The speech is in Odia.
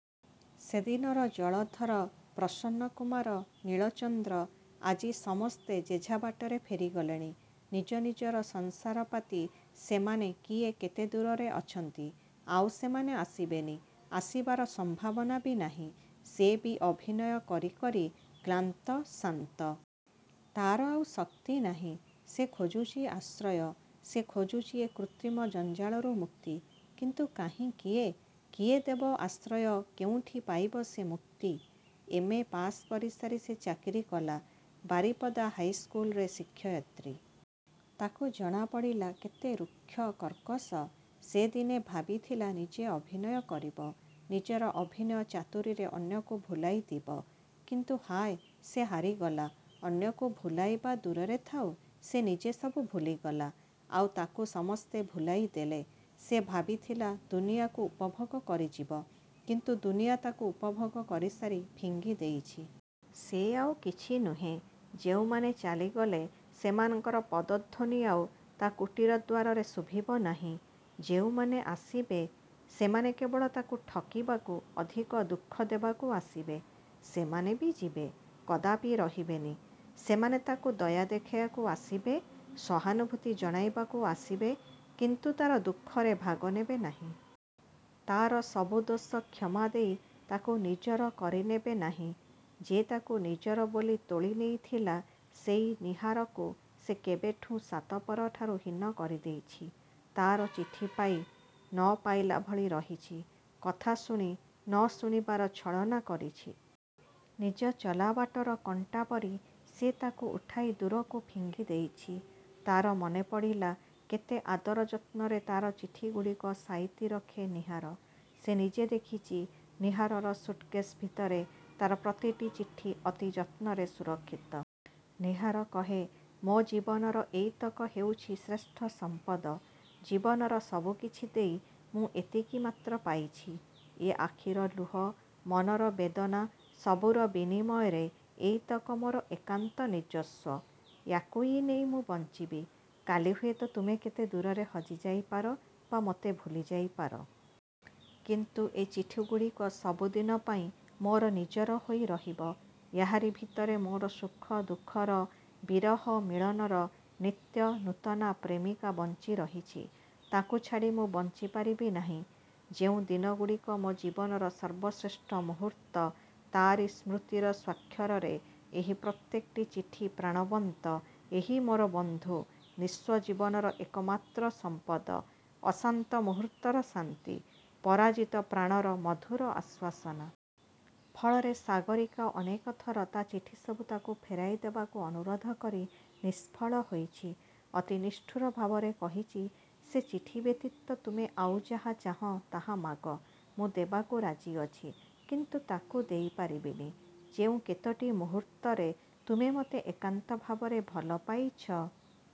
ସେଦିନର ଜଳଧର, ପ୍ରସନ୍ନ କୁମାର, ନୀଳଚନ୍ଦ୍ର ଆଜି ସମସ୍ତେ ଯେଝା ବାଟରେ ଫେରି ଗଲେଣି। ନିଜ ନିଜର ସଂସାର ପାତି ସେମାନେ କିଏ କେତେ ଦୂରରେ ଅଛନ୍ତି। ଆଉ ସେମାନେ ଆସିବେନି-ଆସିବାର ସମ୍ଭାବନା ବି ନାହିଁ। ସେ ବି ଅଭିନୟ କରି କରି କ୍ଳାନ୍ତ, ଶାନ୍ତ। ତା'ର ଆଉ ଶକ୍ତି ନାହିଁ। ସେ ଖୋଜୁଛି ଆଶ୍ରୟ; ସେ ଖୋଜୁଛି ଏ କୃତ୍ରିମ ଜଞ୍ଜାଳରୁ ମୁକ୍ତି। କିନ୍ତୁ କାହିଁ କିଏ? କିଏ ଦେବ ଆଶ୍ରୟ; କେଉଁଠି ପାଇବ ସେ ମୁକ୍ତି। ଏମ୍. ଏ. ପାସ୍ କରିସାରି ସେ ଚାକିରି କଲା। ବାରିପଦା ହାଇସ୍କୁଲରେ ଶିକ୍ଷୟିତ୍ରୀ। ତାକୁ ଜଣାପଡ଼ିଲା କେତେ ଋକ୍ଷ କର୍କଶ। ସେ ଦିନେ ଭାବିଥିଲା ନିଜେ ଅଭିନୟ କରିବ। ନିଜର ଅଭିନୟ ଚାତୁରୀରେ ଅନ୍ୟକୁ ଭୁଲାଇ ଦେବ। କିନ୍ତୁ ହାୟ-ସେ ହାରିଗଲା। ଅନ୍ୟକୁ ଭୁଲାଇବା ଦୂରରେ ଥାଉ-ସେ ନିଜେ ସବୁ ଭୁଲିଗଲା; ଆଉ ତାକୁ ସମସ୍ତେ ଭୁଲାଇ ଦେଲେ। ସେ ଭାବିଥିଲା ଦୁନିଆକୁ ଉପଭୋଗ କରିଯିବ-କିନ୍ତୁ ଦୁନିଆ ତାକୁ ଉପଭୋଗ କରିସାରି ଫିଙ୍ଗି ଦେଇଛି। ସେ ଆଜି କିଛି ନୁହେଁ-ଯେଉଁମାନେ ଚାଲିଗଲେ ସେମାନଙ୍କର ପଦଧ୍ୱନି ଆଉ ତା' କୁଟୀର ଦ୍ୱାରରେ ଶୁଭିବ ନାହିଁ। ଯେଉଁମାନେ ଆସିବେ; ସେମାନେ କେବଳ ତାକୁ ଠକିବାକୁ ଅଧିକ ଦୁଃଖ ଦେବାକୁ ଆସିବେ। ସେମାନେ ବି ଯିବେ; କଦାପି ରହିବେନି। ସେମାନେ ତାକୁ ଦୟା ଦେଖାଇବାକୁ ଆସିବେ; ସହାନୁଭୂତି ଜଣାଇବାକୁ ଆସିବେ; କିନ୍ତୁ ତା'ର ଦୁଃଖରେ ଭାଗ ନେବେ ନାହିଁ। ତାର ସବୁ ଦୋଷ କ୍ଷମାଦେଇ ତାକୁ ନିଜର କରିନେବେ ନାହିଁ। ଯେ ତାକୁ ନିଜର ବୋଲି ତୋଳି ନେଇଥିଲା-ସେଇ ନୀହାରକୁ ସେ କେବେଠୁଁ ସାତପର ଠାରୁ ହୀନ କରିଦେଇଛି। ତା'ର ଚିଠି ପାଇ; ନ। ପାଇଲା ଭଳି ରହିଛି। କଥା ଶୁଣି, ନ ଶୁଣିବାର ଛଳନା କରିଛି। ନିଜ ଚଲା ବାଟର କଣ୍ଟା ପରି ସେ ତାକୁ ଉଠାଇ ଦୂରକୁ ଫିଙ୍ଗି ଦେଇଛି-। ତା'ର ମନେପଡ଼ିଲା କେତେ ଆଦର ଯତ୍ନରେ ତା'ର ଚିଠିଗୁଡ଼ିକ ସାଇତି ରଖେ ନୀହାର-। ସେ ନିଜେ ଦେଖିଛି ନୀହାରର ସୁଟକେଶ୍ ଭିତରେ ତା'ର ପ୍ରତିଟି ଚିଠି ଅତି ଯତ୍ନରେ ସୁରକ୍ଷିତ। ନୀହାର କହେ-''ମୋ ଜୀବନର ଏଇତକ ହେଉଛି ଶ୍ରେଷ୍ଠ ସମ୍ପଦ। ଜୀବନର ସବୁ କିଛି ଦେଇ ମୁଁ ଏତିକି ମାତ୍ର ପାଇଛି। ଏ ଆଖିର ଲୁହ, ମନର ବେଦନା ସବୁର ବିନିମୟରେ ଏଇତକ ମୋର ଏକାନ୍ତ ନିଜସ୍ୱ। ୟାକୁଇ ନେଇ ମୁଁ ବଞ୍ଚିବି। କାଲି ହୁଏତ ତୁମେ କେତେ ଦୂରରେ ହଜି ଯାଇପାର, ବା ମୋତେ ଭୁଲି ଯାଇପାର। କିନ୍ତୁ ଏ ଚିଠିଗୁଡ଼ିକ ସବୁଦିନ ପାଇଁ ମୋର ନିଜର ହୋଇ ରହିବ-। ଏହାରି ଭିତରେ ମୋର ସୁଖ ଦୁଃଖର, ବିରହ ମିଳନର, ନିତ୍ୟ-ନୂତନା ପ୍ରେମିକା ବଞ୍ଚି ରହିଛି-। ତାକୁ ଛାଡ଼ି ମୁଁ ବଞ୍ଚି ପାରିବି ନାହିଁ। ଯେଉଁ ଦିନଗୁଡ଼ିକ ମୋ ଜୀବନର ସର୍ବଶ୍ରେଷ୍ଠ ମୁହୂର୍ତ୍ତ; ତାରି ସ୍ମୃତିର ସ୍ୱାକ୍ଷରରେ ଏହି ପ୍ରତ୍ୟେକଟି ଚିଠି ପ୍ରାଣବନ୍ତ-ଏହି ମୋର ବନ୍ଧୁ-ନିସ୍ୱ ଜୀବନର ଏକମାତ୍ର ସମ୍ପଦ-ଅଶାନ୍ତ ମୁହୂର୍ତ୍ତର ଶାନ୍ତି-ପରାଜିତ ପ୍ରାଣର ମଧୁର ଆଶ୍ୱାସନା। '' ଫଳରେ ସାଗରୀକା ଅନେକଥର ତା' ଚିଠି ସବୁ ତାକୁ ଫେରାଇ ଦେବାକୁ ଅନୁରୋଧ କରି ନିଷ୍ଫଳ ହୋଇଛି-। ଅତି ନିଷ୍ଠୁର ଭାବରେ କହିଛି-'' ସେ ଚିଠି ବ୍ୟତୀତ ତୁମେ ଆଉ ଯାହା ଚାହଁ-ତାହା ମାଗ-। ମୁଁ ଦେବାକୁ ରାଜି ଅଛି। କିନ୍ତୁ ତା'କୁ ଦେଇପାରିବିନି। ଯେଉଁ କେତୋଟି ମୁହୂର୍ତ୍ତରେ ତୁମେ ମୋତେ ଏକାନ୍ତ ଭାବରେ ଭଲ ପାଇଛ;